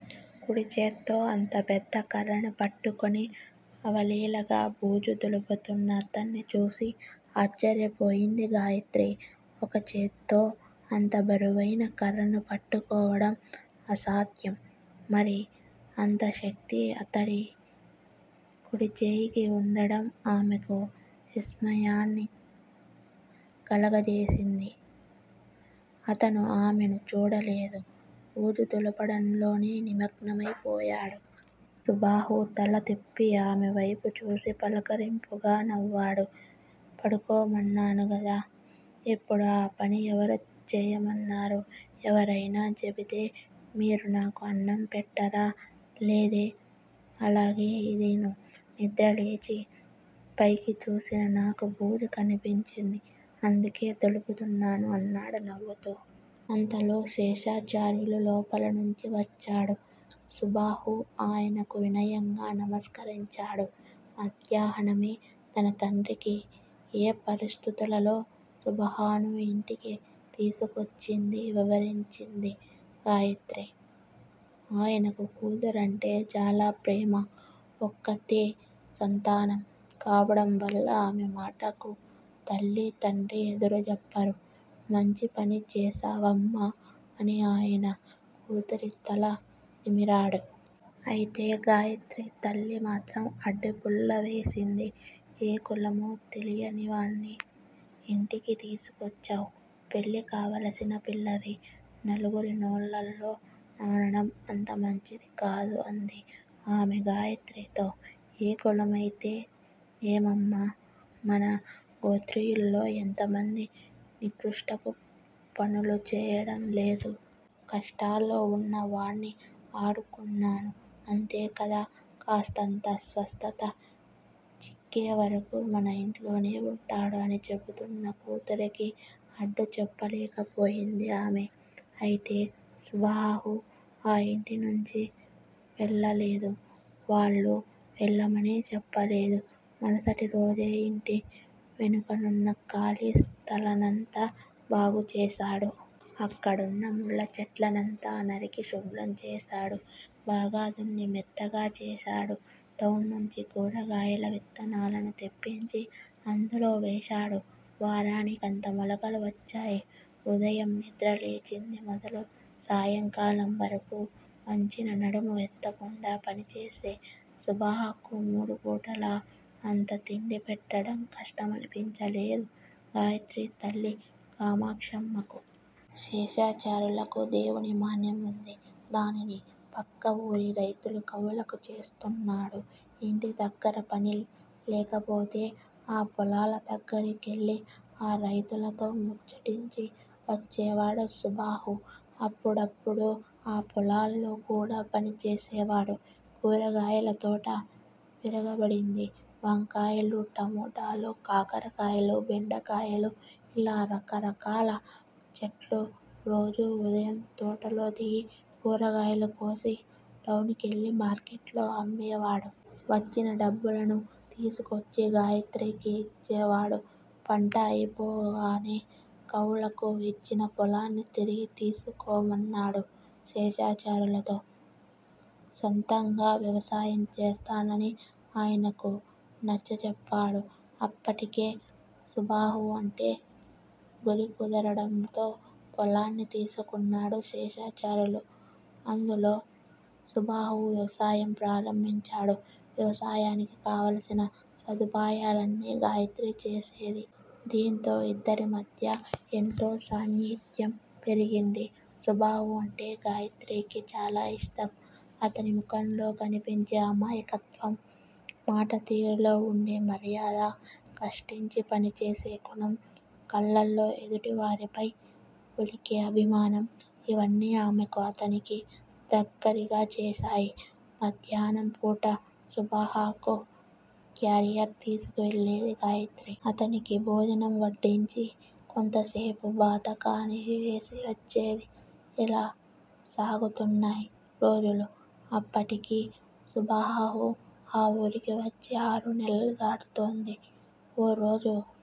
కుడిచేత్తో అంత పెద్ద కర్రను పట్టుకుని అవలీలగా బూజు దులుపుతున్న అతన్ని చూసి ఆశ్చర్యపోయింది గాయిత్రి. ఒకచేత్తో అంత బరువైన కర్రను పట్టుకోవడం అసాధ్యం. మరి అంత శక్తి అతని కుడిచేయికి వుండడం ఆమెకు విస్మయాన్ని కలుగజేసింది. అతను ఆమెను చూడలేదు. బూజు దులపడంలో నిమగ్నమై పోయాడు. సుబాహు! తల తిప్పి ఆమెవైపు చూసి, పలకరింపుగా నవ్వాడు. పడుకోమన్నాను గదా! ఇప్పుడు ఆ పని ఎవరు చేయమన్నారు? ఎవరైనా చెబితే మీరు నాకు అన్నం పెట్టారా! లేదే. అలాగే ఇదీను. నిద్ర లేచి పైకి చూసిన నాకు బూజు కనిపించింది. అందుకే దులుపుతున్నాను అన్నాడు నవ్వుతూ. అంతలో శేషాచార్యులు లోపల నుంచి వచ్చాడు. సుబాహు ఆయనకు వినయంగా నమస్కరించాడు. మధ్యాహ్నమే తన తండ్రికి ఏ పరిస్థితులలో సుబాహును ఇంటికి తీసుకొచ్చిందీ వివరించింది గాయత్రి. ఆయనకు కూతురంటే చాలా ప్రేమ. ఒక్కత్తే సంతానం కావడం వల్ల ఆమె మాటకు తల్లీ, తండ్రీ ఎదురుజెప్పరు. మంచిపని చేశావమ్మా అని ఆయన కూతురి తల నిమిరాడు. అయితే గాయత్రి తల్లి మాత్రం అడ్డు పుల్ల వేసింది. ఏ కులమో తెలియనివాడ్ని ఇంటికి తీసుకొచ్చావ్. పెళ్ళి కావలసిన పిల్లవి. నలుగురి నోళ్ళల్లో నానడం అంతమంచిది కాదు అంది ఆమె గాయత్రితో. ఏ కులమైతే ఏమమ్మా. మన గోత్రీయుల్లో ఎంతమంది నికృష్టపు పనులు చేయడం లేదు. కష్టాల్లో వున్న వాడ్ని ఆడుకున్నాను. అంతేకదా. కాస్తంత స్వస్థత చిక్కేవరకు మన ఇంట్లోనే వుంటాడు అని చెబుతున్న కూతురికి అడ్డు చెప్పలేకపోయింది ఆమె. అయితే సుబాహు ఆ ఇంటి నుంచి వెళ్ళలేదు. వాళ్ళూ వెళ్ళమని చెప్పలేదు. మరుసటి రోజే ఇంటి వెనుకనున్న ఖాళీ స్థలాన్నంతా బాగుచేశాడు. అక్కడున్న ముళ్ళ చెట్లనంతా నరికి శుభ్రం చేశాడు. బాగా దున్ని మెత్తగా చేశాడు. టౌన్ నుంచి కూరగాయల విత్తనాలను తెప్పించి అందులో వేశాడు. వారానికంతా మొలకలు వచ్చాయి. ఉదయం నిద్రలేచింది మొదలు సాయంకాలం వరకు వంచిన నడుము ఎత్తకుండా పనిచేసే సుబాహుకు మూడు పూటలా అంత తిండి పెట్టడం కష్టమనిపించలేదు గాయత్రి తల్లి కామాక్షమ్మకు. శేషాచార్యులకు దేవుడి మాన్యం వుంది. దానిని పక్క ఊరి రైతు కౌలుకు చేస్తున్నాడు ఇంటి దగ్గరపని లేకపోతే ఆ పొలాల దగ్గరికెళ్ళి ఆ రైతుతో ముచ్చటించి వచ్చేవాడు సుబాహు. అప్పుడప్పుడూ ఆ పొలాల్లో కూడా పనిచేసేవాడు. కూరగాయల తోట విరగపండింది. వంకాయలు, టమేటాళు, కాకరకాయలు, బెండకాయలు ఇలా రకరకాల చెట్లు, రోజూ ఉదయం తోటలో దిగి కూరగాయలు కోసి, టౌన్ కెళ్ళి మార్కెట్లో అమ్మేవాడు. వచ్చిన డబ్బులను తీసుకొచ్చి గాయత్రికి ఇచ్చేవాడు. పంట అయిపోగానే కౌలుకు ఇచ్చిన పొలాన్ని తిరిగి తీసుకోమన్నాడు శేషాచార్యులతో. స్వంతంగా వ్యవసాయం చేస్తానని ఆయనకు నచ్చచెప్పాడు. అప్పటికే సుబాహు అంటే గురికుదరడంతో పొలాన్ని తీసుకున్నాడు శేషాచార్యులు. అందులో సుబాహు వ్యవసాయం ప్రారంభించాడు. వ్యవసాయానికి కావాల్సిన సదుపాయాలన్నీ గాయత్రి చూసేది. దీంతో ఇద్దరి మధ్య ఎంతో సాన్నిహిత్యం పెరిగింది. సుబాహు అంటే గాయత్రికి చాలా ఇష్టం. అతని ముఖంలో కనిపించే అమాయకత్వం, మాట తీరులో వుండే మర్యాద, కష్టించి పనిచేసే గుణం, కళ్ళల్లో ఎదుటివారిపై ఒలికే అభిమానం- ఇవన్నీ ఆమెను అతనికి దగ్గిరగా చేశాయి. మధ్యాహ్నం పూట సుబాహుకు క్యారియర్ తీసుకు వెళ్ళేది గాయత్రి. అతనికి భోజనం వడ్డించి, కొంతసేపు బాతాకానీ వేసి వచ్చేది. ఇలా సాగుతున్నాయి రోజులు. అప్పటికి సుబాహు ఆ వూరికి వచ్చి ఆరు నెలలు దాటుతోంది. ఓ రోజు